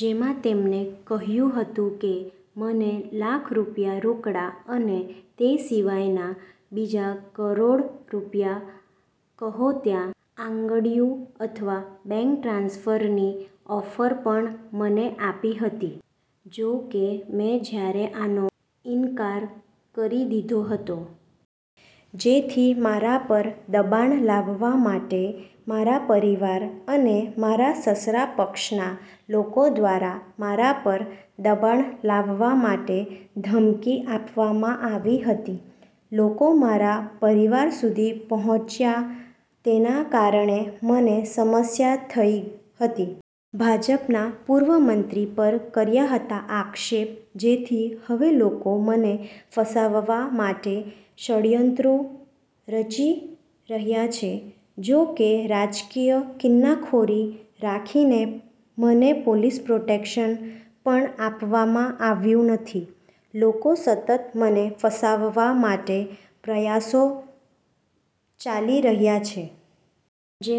જેમાં તેમણે કહ્યું હતું કે, મને લાખ રૂપિયા રોકડા અને તે સિવાયના બીજા કરોડ રૂપિયા કહો ત્યાં આંગડીયુ અથવા બેન્ક ટ્રાન્સફરની ઓફર પણ મને આપી હતી. જો કે મે જ્યારે આનો ઇન્કાર કરી દીધો હતો. જેથી મારા પર દબાણ લાવવા માટે મારા પરિવાર અને મારા સસરા પક્ષના લોકો દ્વારા મારા પર દબાણ લાવવા માટે ધમકી આપવામાં આવી હતી. લોકો મારા પરિવાર સુધી પહોંચ્યા તેના કારણે મને સમસ્યા થઇ હતી. ભાજપના પૂર્વ મંત્રી પર કર્યા હતા આક્ષેપ જેથી હવેલોકો મને ફસાવવા માટેના ષડયંત્રો રચી રહ્યા છે. જો કે રાજકીય કિન્નાખોરી રાખીને મને પોલીસ પ્રોટેક્શ પણ આપવામાં આવ્યું નથી. લોકો સતત મને ફસાવવા માટેના પ્રયાસો ચાલી રહ્યા છે. જે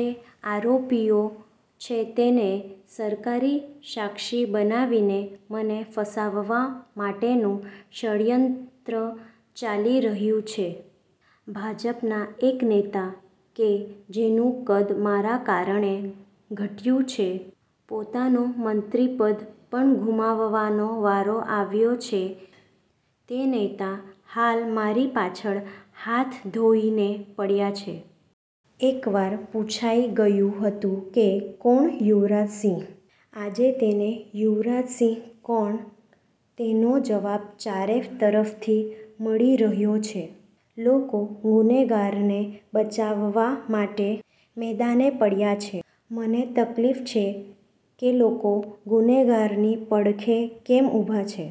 આરોપીઓ છે તેને સરકારી સાક્ષી બનાવીને મને ફસાવવા માટેનું ષડયંત્ર ચાલી રહ્યું છે. ભાજપના એક નેતા કે જેનું કદ મારા કારણે ઘટ્યું છે. પોતાનું મંત્રીપદ પણ ગુમાવવાનો વારો આવ્યો છે તે નેતા હાલ મારી પાછળ હાથ ધોઇને પડ્યા છે. એકવાર પુછાઇ ગયું હતું કે કોણ યુવરાજસિંહ? આજે તેને યુવરાજસિંહ કોણ તેનો જવાબ ચારે તરફથી મળી રહ્યો છે. લોકો ગુનેગારને બચાવવા માટે મેદાને પડ્યા છે. મને તકલીફ છે કેલોકો ગુનેગારોની પડખે કેમ ઉભા છે?